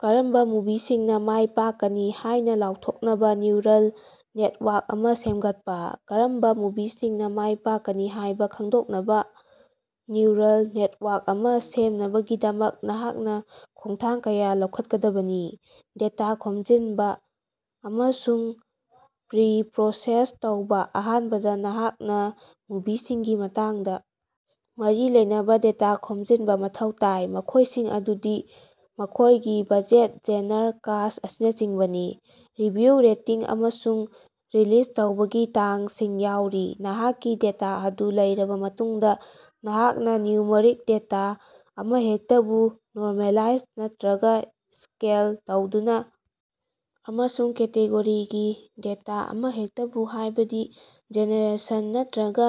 ꯀꯔꯝꯕ ꯃꯨꯚꯤꯁꯤꯡꯅ ꯃꯥꯏ ꯄꯥꯛꯀꯅꯤ ꯍꯥꯏꯅ ꯂꯥꯎꯊꯣꯛꯅꯕ ꯅ꯭ꯌꯨꯔꯜ ꯅꯦꯠꯋꯥꯔꯛ ꯑꯃ ꯁꯦꯝꯒꯠꯄ꯫ ꯀꯔꯝꯕ ꯃꯨꯚꯤꯁꯤꯡꯅ ꯃꯥꯏ ꯄꯥꯛꯀꯅꯤ ꯍꯥꯏꯕ ꯈꯪꯗꯣꯛꯅꯕ ꯅ꯭ꯌꯨꯔꯜ ꯅꯦꯠꯋꯥꯔꯛ ꯑꯃ ꯁꯦꯝꯅꯕꯒꯤꯗꯃꯛ ꯅꯍꯥꯛꯅ ꯈꯣꯡꯊꯥꯡ ꯀꯌꯥ ꯂꯧꯈꯠꯀꯗꯕꯅꯤ ꯗꯦꯇꯥ ꯈꯣꯝꯖꯤꯟꯕ ꯑꯃꯁꯨꯡ ꯄ꯭ꯔꯤꯄ꯭ꯔꯣꯁꯦꯁ ꯇꯧꯕ ꯑꯍꯥꯟꯕꯗ ꯅꯍꯥꯛꯅ ꯃꯨꯚꯤꯁꯤꯡꯒꯤ ꯃꯇꯥꯡꯗ ꯃꯔꯤ ꯂꯩꯅꯕ ꯗꯦꯇꯥ ꯈꯣꯝꯖꯤꯟꯕ ꯃꯊꯧ ꯇꯥꯏ ꯃꯈꯣꯏꯁꯤꯡ ꯑꯗꯨꯗꯤ ꯃꯈꯣꯏꯒꯤ ꯕꯖꯦꯠ ꯖꯦꯅꯔ ꯀꯥꯁ꯭ꯠ ꯑꯁꯤꯅꯆꯤꯡꯕꯅꯤ꯫ ꯔꯤꯚꯤꯌꯨ ꯔꯦꯇꯤꯡ ꯑꯃꯁꯨꯡ ꯔꯤꯂꯤꯖ ꯇꯧꯕꯒꯤ ꯇꯥꯡꯁꯤꯡ ꯌꯥꯎꯔꯤ꯫ ꯅꯍꯥꯛꯀꯤ ꯗꯦꯇꯥ ꯑꯗꯨ ꯂꯩꯔꯕ ꯃꯇꯨꯡꯗ ꯅꯍꯥꯛꯅ ꯅ꯭ꯌꯨꯃꯔꯤꯛ ꯗꯦꯇꯥ ꯑꯃꯍꯦꯛꯇꯕꯨ ꯅꯣꯔꯃꯦꯂꯥꯏꯖ ꯅꯠꯇ‌꯭ꯔꯒ ꯁ꯭ꯀꯦꯜ ꯇꯧꯗꯨꯅ ꯑꯃꯁꯨꯡ ꯀꯦꯇꯦꯒꯣꯔꯤꯒꯤ ꯗꯦꯇꯥ ꯑꯃꯍꯦꯛꯇꯕꯨ ꯍꯥꯏꯕꯗꯤ ꯖꯦꯅꯔꯦꯁꯟ ꯅꯠꯇ꯭ꯔꯒ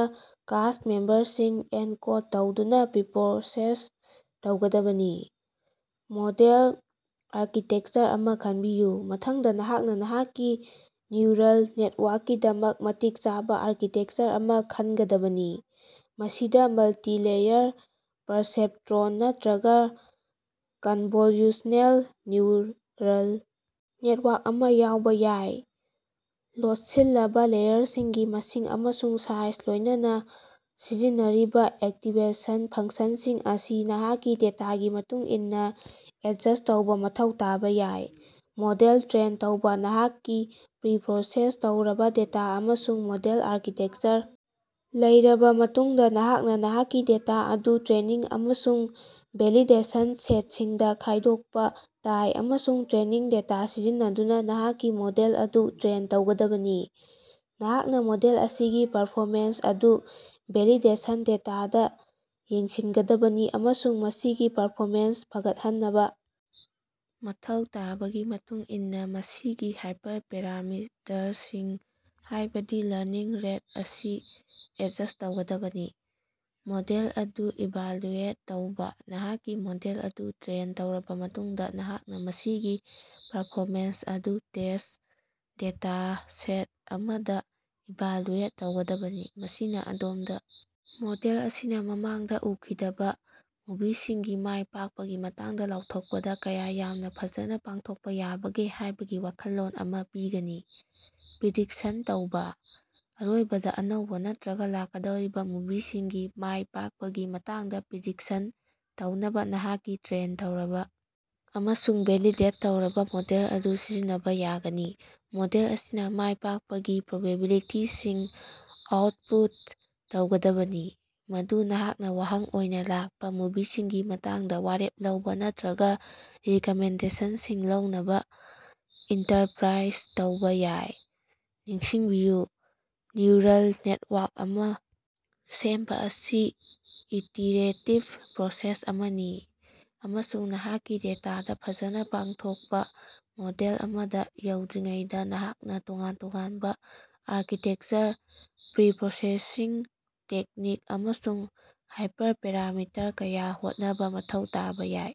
ꯀꯥꯁ꯭ꯠ ꯃꯦꯝꯕꯔꯁꯤꯡ ꯑꯦꯟꯀꯣꯗ ꯇꯧꯗꯨꯅ ꯄ꯭ꯔꯤꯄꯣꯁꯦꯁ ꯇꯧꯒꯗꯕꯅꯤ꯫ ꯃꯣꯗꯦꯜ ꯑꯥꯔꯀꯤꯇꯦꯛꯆꯔ ꯑꯃ ꯈꯟꯕꯤꯌꯨ ꯃꯊꯪꯗ ꯅꯍꯥꯛꯅ ꯅꯍꯥꯛꯀꯤ ꯅ꯭ꯌꯨꯔꯜ ꯅꯦꯇꯋꯥꯔꯛꯀꯤꯗꯃꯛ ꯃꯇꯤꯛ ꯆꯥꯕ ꯑꯥꯔꯀꯤꯇꯦꯛꯆꯔ ꯑꯃ ꯈꯟꯒꯗꯕꯅꯤ꯫ ꯃꯁꯤꯗ ꯃꯜꯇꯤ ꯂꯦꯌꯔ ꯄꯔꯁꯦꯞꯇ꯭ꯔꯣꯟ ꯅꯠꯇ꯭ꯔꯒ ꯀꯟꯚꯣꯜꯌꯨꯁꯅꯦꯜ ꯅ꯭ꯌꯨꯔꯜ ꯅꯦꯠꯋꯥꯔꯛ ꯑꯃ ꯌꯥꯎꯕ ꯌꯥꯏ꯫ ꯂꯣꯠꯁꯤꯜꯂꯕꯥ ꯂꯦꯌꯔꯁꯤꯡꯒꯤ ꯃꯁꯤꯡ ꯑꯃꯁꯨꯡ ꯁꯥꯏꯖ ꯂꯣꯏꯅꯅ ꯁꯤꯖꯤꯟꯅꯔꯤꯕ ꯑꯦꯛꯇꯤꯚꯦꯁꯟ ꯐꯪꯁꯟꯁꯤꯡ ꯑꯁꯤ ꯅꯍꯥꯛꯀꯤ ꯗꯦꯇꯥꯒꯤ ꯃꯇꯨꯡ ꯏꯟꯅ ꯑꯦꯗꯖꯁ꯭ꯠ ꯇꯧꯕ ꯃꯊꯧ ꯇꯥꯕ ꯌꯥꯏ꯫ ꯃꯣꯗꯦꯜ ꯇ꯭ꯔꯦꯟ ꯇꯧꯕ ꯅꯍꯥꯛꯀꯤ ꯄ꯭ꯔꯤꯄꯔꯣꯁꯦꯁ ꯇꯧꯔꯕꯥ ꯗꯦꯇꯥ ꯑꯃꯁꯨꯡ ꯃꯣꯗꯦꯜ ꯑꯥꯔꯀꯤꯇꯦꯛꯆꯔ ꯂꯩꯔꯕ ꯃꯇꯨꯡꯗ ꯅꯍꯥꯛꯅ ꯅꯍꯥꯛꯀꯤ ꯗꯦꯇꯥ ꯑꯗꯨ ꯇ꯭ꯔꯦꯅꯤꯡ ꯑꯃꯁꯨꯡ ꯚꯦꯂꯤꯗꯦꯁꯟ ꯁꯦꯠꯁꯤꯡꯗ ꯈꯥꯏꯗꯣꯛꯄ ꯇꯥꯏ ꯑꯃꯁꯨꯡ ꯇ꯭ꯔꯦꯅꯤꯡ ꯗꯦꯇꯥ ꯁꯤꯖꯤꯟꯅꯗꯨꯅ ꯅꯍꯥꯛꯀꯤ ꯃꯣꯗꯦꯜ ꯑꯗꯨ ꯇ꯭ꯔꯦꯟ ꯇꯧꯒꯗꯕꯅꯤ꯫ ꯅꯍꯥꯛꯅ ꯃꯣꯗꯦꯜ ꯑꯁꯤꯒꯤ ꯄꯔꯐꯣꯃꯦꯟꯁ ꯑꯗꯨ ꯚꯦꯂꯤꯗꯦꯁꯟ ꯗꯦꯇꯥꯗ ꯌꯦꯡꯁꯤꯟꯒꯗꯕꯅꯤ ꯑꯃꯁꯨꯡ ꯃꯁꯤꯒꯤ ꯄꯔꯐꯣꯃꯦꯟꯁ ꯐꯒꯠꯍꯟꯅꯕ ꯃꯊꯧ ꯇꯥꯕꯒꯤ ꯃꯇꯨꯡ ꯏꯟꯅ ꯃꯁꯤꯒꯤ ꯍꯥꯏꯄꯔꯄꯦꯔꯥꯃꯤꯇꯔꯁꯤꯡ ꯍꯥꯏꯕꯗꯤ ꯂꯔꯅꯤꯡ ꯔꯦꯠ ꯑꯁꯤ ꯑꯦꯗꯖꯁ꯭ꯠ ꯇꯧꯒꯗꯕꯅꯤ꯫ ꯃꯣꯗꯦꯜ ꯑꯗꯨ ꯏꯚꯥꯂ꯭ꯌꯨꯑꯦꯠ ꯇꯧꯕ ꯅꯍꯥꯛꯀꯤ ꯃꯣꯗꯦꯜ ꯑꯗꯨ ꯇ꯭ꯔꯦꯟ ꯇꯧꯔꯕꯥ ꯃꯇꯨꯡꯗꯥ ꯅꯍꯥꯛꯅꯥ ꯃꯁꯤꯒꯤ ꯄꯔꯐꯣꯃꯦꯟꯁ ꯑꯗꯨ ꯇꯦꯁ꯭ꯠ ꯗꯦꯇꯥꯁꯦꯠ ꯑꯃꯗ ꯏꯚꯥꯂ꯭ꯌꯨꯑꯦꯠ ꯇꯧꯒꯗꯕꯅꯤ꯫ ꯃꯁꯤꯅ ꯑꯗꯣꯝꯗ ꯃꯣꯗꯦꯜ ꯑꯁꯤꯅ ꯃꯃꯥꯡꯗ ꯎꯈꯤꯗꯕ ꯃꯨꯚꯤꯁꯤꯡꯒꯤ ꯃꯥꯏ ꯄꯥꯛꯄꯒꯤ ꯃꯇꯥꯡꯗ ꯂꯥꯎꯊꯣꯛꯄꯗ ꯀꯌꯥ ꯌꯥꯝꯅ ꯐꯖꯅ ꯄꯥꯡꯊꯣꯛꯄ ꯌꯥꯕꯒꯦ ꯍꯥꯏꯕꯒꯤ ꯋꯥꯈꯜꯂꯣꯟ ꯑꯃ ꯄꯤꯒꯅꯤ꯫ ꯄ꯭ꯔꯤꯗꯤꯛꯁꯟ ꯇꯧꯕ ꯑꯔꯣꯏꯕꯗ ꯑꯅꯧꯕ ꯅꯠꯇ꯭ꯔꯒ ꯂꯥꯛꯀꯗꯧꯔꯤꯕ ꯃꯨꯚꯤꯁꯤꯡꯒꯤ ꯃꯥꯏ ꯄꯥꯛꯄꯒꯤ ꯃꯇꯥꯡꯗ ꯄ꯭ꯔꯤꯗꯤꯛꯁꯟ ꯇꯧꯅꯕ ꯅꯍꯥꯛꯀꯤ ꯇ꯭ꯔꯦꯟ ꯇꯧꯔꯕ ꯑꯃꯁꯨꯡ ꯚꯦꯂꯤꯗꯦꯠ ꯇꯧꯔꯕ ꯃꯣꯗꯦꯜ ꯑꯗꯨ ꯁꯤꯖꯤꯟꯅꯕ ꯌꯥꯒꯅꯤ꯫ ꯃꯣꯗꯦꯜ ꯑꯁꯤꯅ ꯃꯥꯏ ꯄꯥꯛꯄꯒꯤ ꯄ꯭ꯔꯣꯕꯦꯕꯤꯂꯤꯇꯤꯁꯤꯡ ꯑꯥꯎꯠꯄꯨꯠ ꯇꯧꯒꯗꯕꯅꯤ ꯃꯗꯨ ꯅꯍꯥꯛꯅ ꯋꯥꯍꯪ ꯑꯣꯏꯅ ꯂꯥꯛꯄ ꯃꯨꯚꯤꯁꯤꯡꯒꯤ ꯃꯇꯥꯡꯗ ꯋꯥꯔꯦꯞ ꯂꯧꯕ ꯅꯠꯇ꯭ꯔꯒ ꯔꯤꯀꯃꯦꯟꯗꯦꯁꯟꯁꯤꯡ ꯂꯧꯅꯕ ꯏꯟꯇꯔꯄ꯭ꯔꯥꯏꯖ ꯇꯧꯕ ꯌꯥꯏ꯫ ꯅꯤꯡꯁꯤꯡꯕꯤꯌꯨ ꯅ꯭ꯌꯨꯔꯜ ꯅꯦꯠꯋꯥꯔꯛ ꯑꯃ ꯁꯦꯝꯕ ꯑꯁꯤ ꯏꯇꯤꯔꯦꯇꯤꯕ ꯄ꯭ꯔꯣꯁꯦꯁ ꯑꯃꯅꯤ ꯑꯃꯁꯨꯡ ꯅꯍꯥꯛꯀꯤ ꯗꯦꯇꯥꯗꯥ ꯐꯖꯅ ꯄꯥꯡꯊꯣꯛꯄ ꯃꯣꯗꯦꯜ ꯑꯃꯗꯥ ꯌꯧꯗ꯭ꯔꯤꯉꯩꯗ ꯅꯍꯥꯛꯅ ꯇꯣꯉꯥꯟ ꯇꯣꯉꯥꯟꯕ ꯑꯥꯔꯀꯤꯇꯦꯛꯆꯔ ꯄ꯭ꯔꯤꯞꯔꯣꯁꯦꯁꯤꯡ ꯇꯦꯛꯅꯤꯛ ꯑꯃꯁꯨꯡ ꯍꯥꯏꯄꯔꯄꯦꯔꯥꯃꯤꯇꯔ ꯀꯌꯥ ꯍꯣꯠꯅꯕ ꯃꯊꯧ ꯇꯥꯕ ꯌꯥꯏ꯫